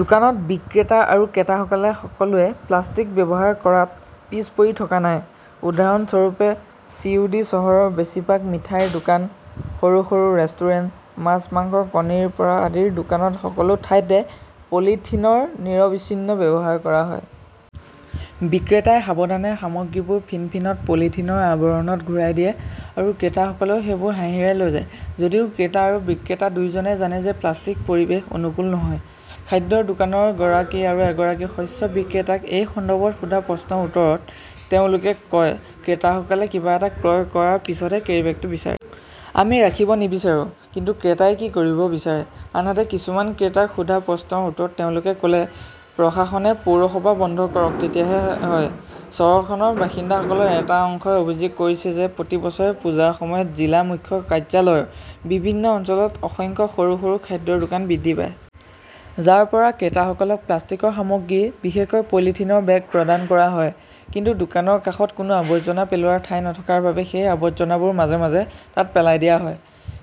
দোকানত বিক্ৰেতা আৰু ক্ৰেতাসকলে সকলোৱে প্লাষ্টিক ব্যৱহাৰ কৰাত পিছ পৰি থকা নাই। উদাহৰণস্বৰূপে, চিউডি চহৰৰ বেছিভাগ মিঠাইৰ দোকান, সৰু - সৰু ৰেষ্টুৰেণ্ট, মাছ, মাংস, কণীৰ পৰা আদিৰ দোকানত সকলো ঠাইতে পলিথিনৰ নিৰবিচ্ছিন্ন ব্যৱহাৰ কৰা হয়। বিক্ৰেতাই সাৱধানে সামগ্ৰীবোৰ ফিনফিনত পলিথিনৰ আৱৰণত ঘূৰাই দিয়ে আৰু ক্ৰেতাসকলেও সেইবোৰ হাঁহিৰে লৈ যায়। যদিও ক্ৰেতা আৰু বিক্ৰেতা দুয়োজনেই জানে যে প্লাষ্টিক পৰিৱেশ অনুকূল নহয়। খাদ্যৰ দোকানৰ গৰাকী আৰু এগৰাকী শস্য বিক্ৰেতাক এই সন্দৰ্ভত সোধা প্ৰশ্নৰ উত্তৰত তেওঁলোকে কয়, ক্ৰেতাসকলে কিবা এটা ক্ৰয় কৰাৰ পিছতহে কেৰীবেগটো বিচাৰে। আমি ৰাখিব নিবিচাৰো। কিন্তু ক্ৰেতাই কি কৰিব বিচাৰে। আনহাতে কিছুমান ক্ৰেতাক সোধা প্ৰশ্নৰ উত্তৰত তেওঁলোকে কলে, প্ৰশাসনে পৌৰসভা বন্ধ কৰক তেতিয়াহে হয়। চহৰখনৰ বাসিন্দাসকলৰ এটা অংশই অভিযোগ কৰিছে যে প্ৰতি বছৰে পূজাৰ সময়ত জিলা মুখ্য কাৰ্যালয়ৰ বিভিন্ন অঞ্চলত অসংখ্য সৰু - সৰু খাদ্যৰ দোকান বৃদ্ধি পায়। যাৰ পৰা ক্ৰেতাসকলক প্লাষ্টিকৰ সামগ্ৰী, বিশেষকৈ পলিথিনৰ বেগ প্ৰদান কৰা হয়। কিন্তু দোকানৰ কাষত কোনো আৱৰ্জনা পেলোৱাৰ ঠাই নথকাৰ বাবে সেই আৱৰ্জনাবোৰ মাজে - মাজে তাত পেলাই দিয়া হয়।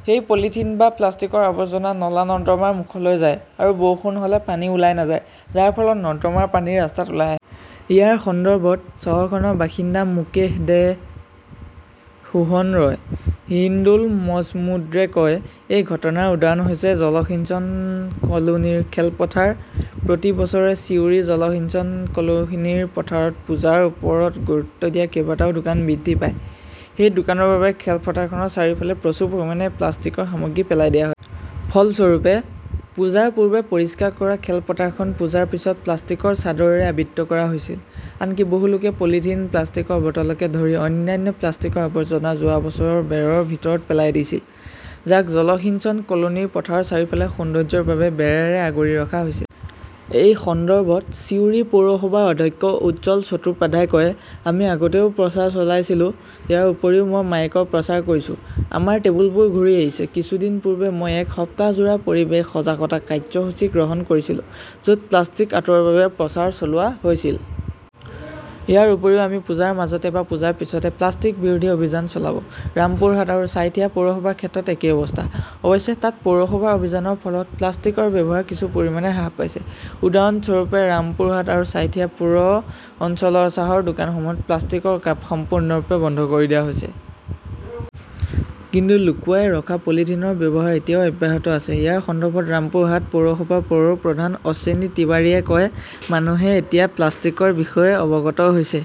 সেই পলিথিন বা প্লাষ্টিকৰ আৱৰ্জনা নলা-নৰ্দমাৰ মুখলৈ যায় আৰু বৰষুণ হ'লে পানী ওলাই নাযায়, যাৰ ফলত নৰ্দমাৰ পানী ৰাস্তাত ওলাই আহে। ইয়াৰ সন্দৰ্ভত চহৰখনৰ বাসিন্দা মুকেশ দে, সোহন ৰয়, হিন্দোল মজমুদ্ৰে কয়, এই ঘটনাৰ উদাহৰণ হৈছে জলসিঞ্চন কলোনীৰ খেলপথাৰ। প্ৰতি বছৰে চিউৰি জলসিঞ্চন কলোনীৰ পথাৰত পূজাৰ ওপৰত গুৰুত্ব দিয়া কেইবাটাও দোকান বৃদ্ধি পায়। সেই দোকানৰ বাবে খেলপথাৰখনৰ চাৰিওফালে প্ৰচুৰ পৰিমাণে প্লাষ্টিকৰ সামগ্ৰী পেলাই দিয়া হয়। ফলস্বৰূপে, পূজাৰ পূৰ্বে পৰিষ্কাৰ কৰা খেলপথাৰখন পূজাৰ পিছত প্লাষ্টিকৰ চাদৰেৰে আবৃত কৰা হৈছিল। আনকি বহু লোকে পলিথিন, প্লাষ্টিকৰ বটলকে ধৰি অন্যান্য প্লাষ্টিকৰ আৱৰ্জনা যোৱা বছৰ বেৰৰ ভিতৰত পেলাই দিছিল, যাক জলসিঞ্চন কলোনীৰ পথাৰৰ চাৰিওফালে সৌন্দৰ্য্যৰ বাবে বেৰেৰে আগুৰি ৰখা হৈছিল। এই সন্দৰ্ভত চিউৰি পৌৰসভাৰ অধ্যক্ষ উজ্জ্বল চট্টোপাধ্যায়ই কয়, আমি আগতেও প্ৰচাৰ চলাইছিলো। ইয়াৰ উপৰিও মই মাইকৰ প্ৰচাৰ কৰিছো। আমাৰ টেবুলবোৰ ঘূৰি আহিছে। কিছুদিন পূৰ্বে মই এক সপ্তাহজোৰা পৰিৱেশ সজাগতা কাৰ্যসূচী গ্ৰহণ কৰিছিলো য 'ত প্লাষ্টিক আতৰোৱাৰ বাবে প্ৰচাৰ চলোৱা হৈছিল। ইয়াৰ উপৰিও আমি পূজাৰ মাজতে বা পূজাৰ পিছতে প্লাষ্টিক বিৰোধী অভিযান চলাব। ৰামপুৰহাট আৰু ছাইথিয়া পৌৰসভাৰ ক্ষেত্ৰতো একেই অৱস্থা। অৱশ্যে, তাত পৌৰসভাৰ অভিযানৰ ফলত প্লাষ্টিকৰ ব্যৱহাৰ কিছু পৰিমাণে হ্ৰাস পাইছে। উদাহৰণস্বৰূপে, ৰামপুৰহাট আৰু ছাইথিয়া পুৰ অঞ্চলৰ চাহৰ দোকানসমূহত প্লাষ্টিকৰ কাপ সম্পূৰ্ণৰূপে বন্ধ কৰি দিয়া হৈছে। কিন্তু লুকুৱাই ৰখা পলিথিনৰ ব্যৱহাৰ এতিয়াও অব্যাহত আছে। ইয়াৰ সন্দৰ্ভত ৰামপুৰহাট পৌৰসভাৰ পৌৰ প্ৰধান অশ্বিনী তিৱাৰীয়ে কয়, মানুহে এতিয়া প্লাষ্টিকৰ বিষয়ে অৱগত হৈছে।